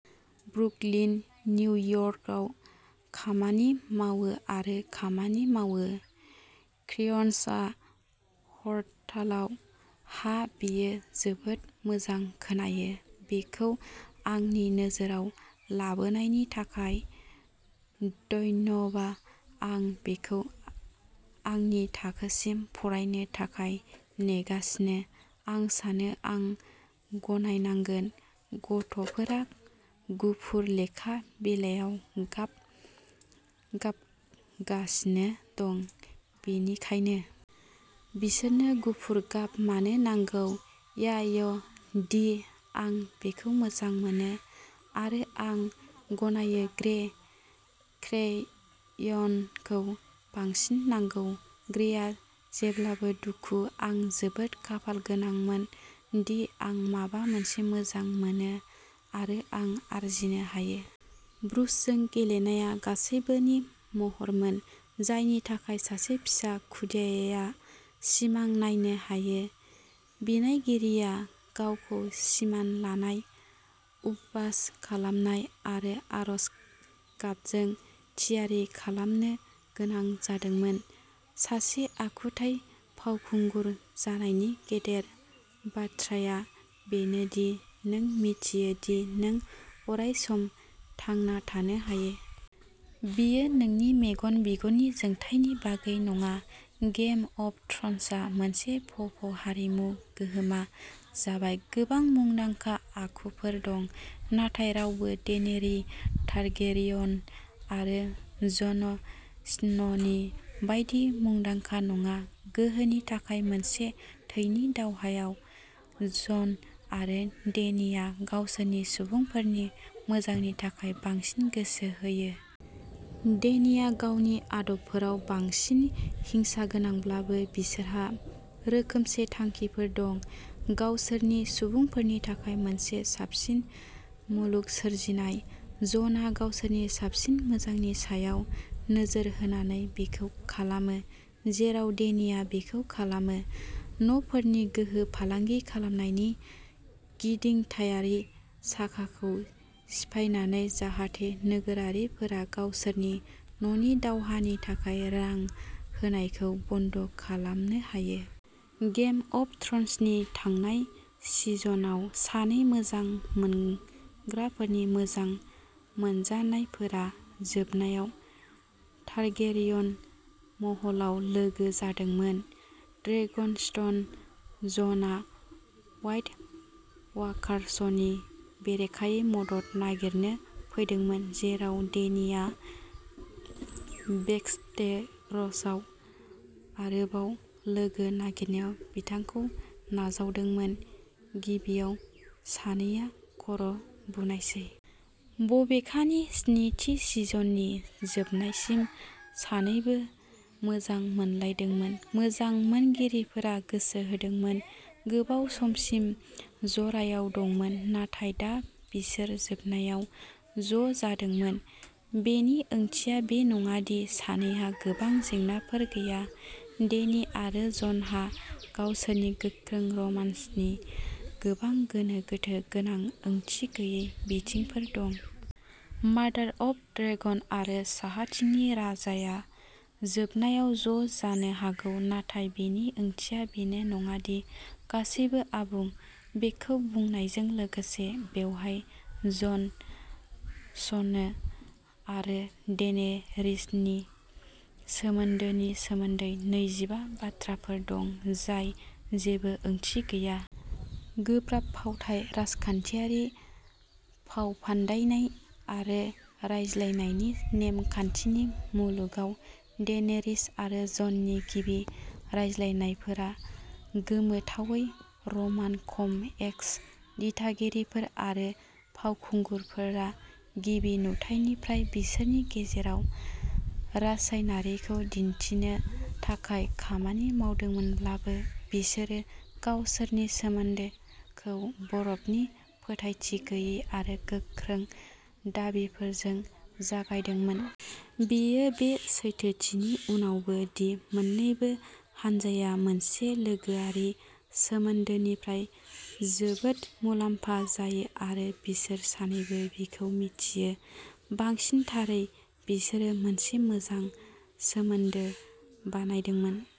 Brooklyn, निउयर्कआव खामानि मावो आरो खामानि मावो। क्रेयन्सआ हरतालआव हा बेयो जोबोद मोजां खोनायो। बेखौ आंनि नोजोराव लाबोनायनि थाखाय धन्यबा आं बेखौ आंनि थाखोसिम फरायनो थाखाय नेगासिनो आं सानो आं गनायनांगोन गथ'फोरा गुफुर लेखा बिलायाव गाब गाबगासिनो दं, बेनिखायनो बिसोरनो गुफुर गाब मानो नांगौ? याय डि आं बेखौ मोजां मोनो आरो आं गनायो-ग्रे क्रेय'नखौ बांसिन नांगौ। ग्रेआ जेब्लाबो दुखु आं जोबोद खाफालगोनांमोन दि आं माबा मोनसे मोजां मोनो आरो रां आरजिनो हायो। ब्रुसजों गेलेनाया गासैबोनि महरमोन जायनि थाखाय सासे फिसा खुदियाया सिमां नायनो हायो। बिनायगिरिया गावखौ सिमान लानाय, उपबास खालामनाय आरो आर'ज गाबजों थियारि खालामनो गोनां जादोंमोन। सासे आखुथाय फावखुंगुर जानायनि गेदेर बाथ्राया बेनो दि नों मिन्थियो दि नों अरायसम थांना थानो हायो। बेयो नोंनि मेगन बिगुरनि जोंथायनि बागै नङा। गेम अफ थ्र'न्सआ मोनसे पप हारिमु गोहोमा जाबाय। गोबां मुंदांखा आखुफोर दं, नाथाय रावबो डेनेरि टारगेरियन आरो जन स्न'नि बायदि मुंदांखा नङा। गोहोनि थाखाय मोनसे थैनि दावहायाव, जन आरो डेनिआ गावसोरनि सुबुंफोरनि मोजांनि थाखाय बांसिन गोसो होयो। डेनिआ गावनि आदबफोराव बांसिन हिंसागोनांब्लाबो, बिसोरहा रोखोमसे थांखिफोर दं गावसोरनि सुबुंफोरनि थाखाय मोनसे साबसिन मुलुग सोरजिनाय। जनआ गावसोरनि साबसिन मोजांनि सायाव नोजोर होनानै बेखौ खालामो, जेराव डेनिआ बेखौ खालामो न'फोरनि गोहो फालांगि खालामनायनि गिदिंथायारि साखाखौ सिफायनानै जाहाथे नोगोरारिफोरा गावसोरनि न'नि दावहानि थाखाय रां होनायखौ बन्द' खालामनो हायो। गेम अफ थ्र'न्सनि थांनाय सिजनआव, सानै मोजां मोनग्राफोरनि मोजां मोनजानायफोरा जोबनायाव टारगेरियन महलाव लोगो जादोंमोन ड्रेगनस्टन। जनआ व्हाइट वाकार्सनि बेरेखायै मदद नागिरनो फैदोंमोन, जेराव डेनिआ वेस्टेर'सआव आरोबाव लोगो नागिरनायाव बिथांखौ नाजावदोंमोन। गिबियाव, सानैया खर'बुनायसै। बबेखानि, स्निथि सिजननि जोबनायसिम, सानैबो मोजां मोनलायदोंमोन। मोजां मोनगिरिफोरा गोसो होदोंमोन। गोबाव समसिम जरायाव दंमोन, नाथाय दा बिसोर जोबनायाव ज'जादोंमोन। बेनि ओंथिया बे नङा दि सानैहा गोबां जेंनाफोर गैया। डेनी आरो जनहा गावसोरनि गोख्रै रमान्सनि गोबां गोनो गोथो गोनां, ओंथि गैयै बिथिंफोर दं। मादार अफ ड्रेगन आरो साहाथिंनि राजाया जोबनायाव ज'जानो हागौ, नाथाय बेनि ओंथिया बेनो नङा दि गासैबो आबुं। बेखौ बुंनायजों लोगोसे, बेवहाय जन स्नो आरो डेनेरीसनि सोमोन्दोनि सोमोन्दै नैजिबा बाथ्राफोर दं जाय जेबो ओंथि गैया। गोब्राब फावथाय, राजखान्थियारि फावफान्दायनाय, आरो रायज्लायनायनि नेम-खान्थिनि मुलुगाव, डेनेरीस आरो जननि गिबि रायज्लायनायफोरा गोमोथावै रमान-कम-एस्क। दिथागिरिफोर आरो फावखुंगुरफोरा गिबि नुथाइनिफ्राय बिसोरनि गेजेराव रासायनारिखौ दिन्थिनो थाखाय खामानि मावदोंमोनब्लाबो, बिसोरो गावसोरनि सोमोन्दोखौ बरफनि फोथायथि गैयै आरो गोख्रों दाबिफोरजों जागायदोंमोन। बेयो बे सैथोथिनि उनावबो दि मोन्नैबो हानजाया मोनसे लोगोआरि सोमोन्दोनिफ्राय जोबोद मुलाम्फा जायो आरो बिसोर सानैबो बेखौ मिथियो। बांसिन थारै, बिसोरो मोनसे मोजां सोमोन्दो बानायदोंमोन।